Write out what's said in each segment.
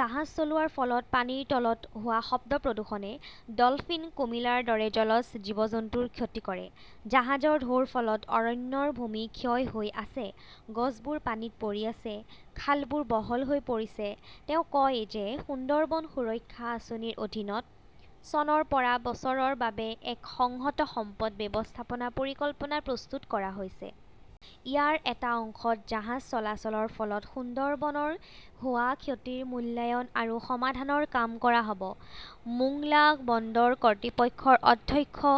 জাহাজ চলোৱাৰ ফলত পানীৰ তলত হোৱা শব্দ প্ৰদূষণে ডলফিন, কুমিলাৰ দৰে জলজ জীৱ-জন্তুৰ ক্ষতি কৰে। জাহাজৰ ঢৌৰ ফলত অৰণ্যৰ ভূমি ক্ষয় হৈ আছে। গছবোৰ পানীত পৰি আছে। খালবোৰ বহল হৈ পৰিছে। তেওঁ কয় যে সুন্দৰবন সুৰক্ষা আঁচনিৰ অধীনত চনৰ পৰা বছৰৰ বাবে এক সংহত সম্পদ ব্যৱস্থাপনা পৰিকল্পনা প্ৰস্তুত কৰা হৈছে। ইয়াৰ এটা অংশত জাহাজ চলাচলৰ ফলত সুন্দৰবনৰ হোৱা ক্ষতিৰ মূল্যায়ন আৰু সমাধানৰ কাম কৰা হ’ব। মোংলা বন্দৰ কৰ্তৃপক্ষৰ অধ্যক্ষ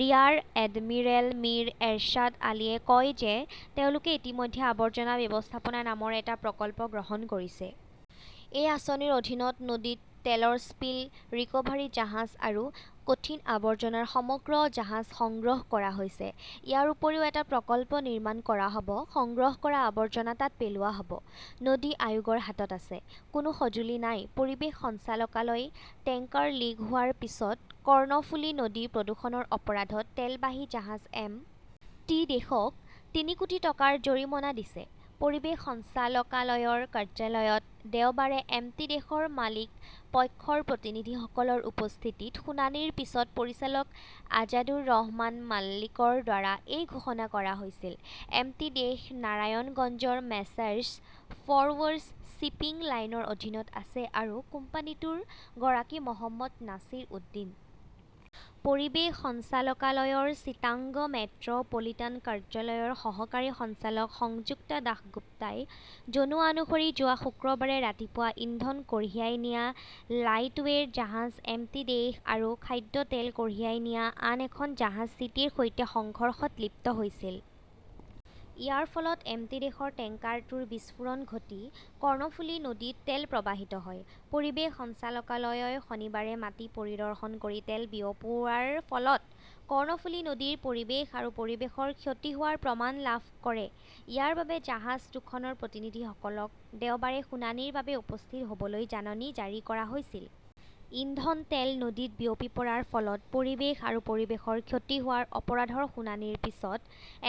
ৰিয়াৰ এডমিৰেল মিৰ এৰশ্বাদ আলীয়ে কয় যে তেওঁলোকে ইতিমধ্যে আৱৰ্জনা ব্যৱস্থাপনা নামৰ এটা প্ৰকল্প গ্ৰহণ কৰিছে। এই আঁচনিৰ অধীনত নদীত তেলৰ স্পিল ৰিক্ভাৰী জাহাজ আৰু কঠিন আৱৰ্জনা সমগ্ৰ জাহাজ সংগ্ৰহ কৰা হৈছে। ইয়াৰ উপৰিও এটা প্ৰকল্প নিৰ্মাণ কৰা হ’ব, সংগ্ৰহ কৰা আৱৰ্জনা তাত পেলোৱা হ’ব। নদী আয়োগৰ হাতত আছে, কোনো সঁজুলি নাই পৰিৱেশ সঞ্চালকালয়ই টেংকাৰ লিক হোৱাৰ পিছত কৰ্ণফুলি নদী প্ৰদূষণৰ অপৰাধত তেলবাহী জাহাজ এম. টি. দেশক তিনি কোটি টকাৰ জৰিমনা দিছে। পৰিৱেশ সঞ্চালকালয়ৰ কাৰ্যালয়ত দেওবাৰে এম. টি. দেশ ৰ মালিক পক্ষৰ প্ৰতিনিধিসকলৰ উপস্থিতিত শুনানিৰ পিছত পৰিচালক আজাদুৰ ৰহমান মল্লিকৰ দ্বাৰা এই ঘোষণা কৰা হৈছিল। এম. টি. দেশ নাৰায়ণগঞ্জৰ মেছাৰ্ছ ফৰৱাৰ্ছ শ্বিপিং লাইনৰ অধীনত আছে আৰু কোম্পানীটোৰ গৰাকী মহম্মদ নাছিৰ উদ্দীন। পৰিৱেশ সঞ্চালকালয়ৰ চিটাগং মেট্ৰ 'পলিটান কাৰ্যালয়ৰ সহকাৰী সঞ্চালক সংযুক্তা দাসগুপ্তাই জনোৱা অনুসৰি যোৱা শুক্ৰবাৰে ৰাতিপুৱা ইন্ধন কঢ়িয়াই নিয়া লাইটৱেৰ জাহাজ এমটি দেশ আৰু খাদ্য তেল কঢ়িয়াই নিয়া আন এখন জাহাজ চিটি ৰ সৈতে সংঘৰ্ষত লিপ্ত হৈছিল। ইয়াৰ ফলত এম. টি. দেশৰ টেংকাৰটোৰ বিস্ফোৰণ ঘটি কৰ্ণফুলী নদীত তেল প্ৰবাহিত হয়। পৰিৱেশ সঞ্চালকালয়ই শনিবাৰে মাটি পৰিদৰ্শন কৰি তেল বিয়পোৱাৰ ফলত কৰ্ণফুলি নদীৰ পৰিৱেশ আৰু পৰিৱেশৰ ক্ষতি হোৱাৰ প্ৰমাণ লাভ কৰে। ইয়াৰ বাবে জাহাজ দুখনৰ প্ৰতিনিধিসকলক দেওবাৰে শুনানিৰ বাবে উপস্থিত হ’বলৈ জাননী জাৰি কৰা হৈছিল। ইন্ধন তেল নদীত বিয়পি পৰাৰ ফলত পৰিৱেশ আৰু পৰিৱেশৰ ক্ষতি হোৱাৰ অপৰাধৰ শুনানিৰ পিছত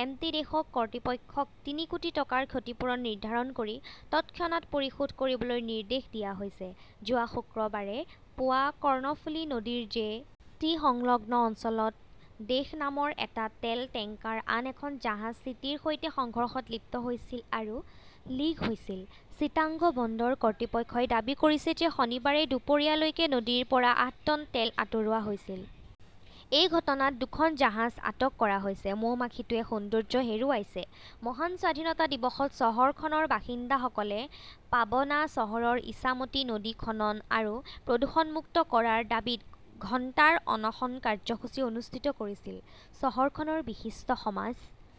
এম. টি. দেশক কৰ্তৃপক্ষক তিনি কোটি টকাৰ ক্ষতিপূৰণ নিৰ্ধাৰণ কৰি তৎক্ষণাত পৰিশোধ কৰিবলৈ নিৰ্দেশ দিয়া হৈছে। যোৱা শুক্ৰবাৰে পুৱা কৰ্ণফুলি নদীৰ জে. টি. সংলগ্ন অঞ্চলত দেশ নামৰ এটা তেল টেংকাৰ আন এখন জাহাজ' চি. টি. ৰ সৈতে সংঘৰ্ষত লিপ্ত হৈছিল আৰু লিক হৈছিল। চিটাগং বন্দৰ কৰ্তৃপক্ষই দাবী কৰিছে যে শনিবাৰে দুপৰীয়া লৈকে নদীৰ পৰা আঠ টন তেল আঁতৰোৱা হৈছিল। এই ঘটনাত দুখন জাহাজ আটক কৰা হৈছে। মৌমাখিটোৱে সৌন্দৰ্য্য হেৰুৱাইছে মহান স্বাধীনতা দিৱসত, চহৰখনৰ বাসিন্দাসকলে পাবনা চহৰৰ ইছামতি নদী খনন আৰু প্ৰদূষণমুক্ত কৰাৰ দাবীত ঘণ্টাৰ অনশন কাৰ্যসূচী অনুষ্ঠিত কৰিছিল। চহৰখনৰ বিশিষ্ট সমাজ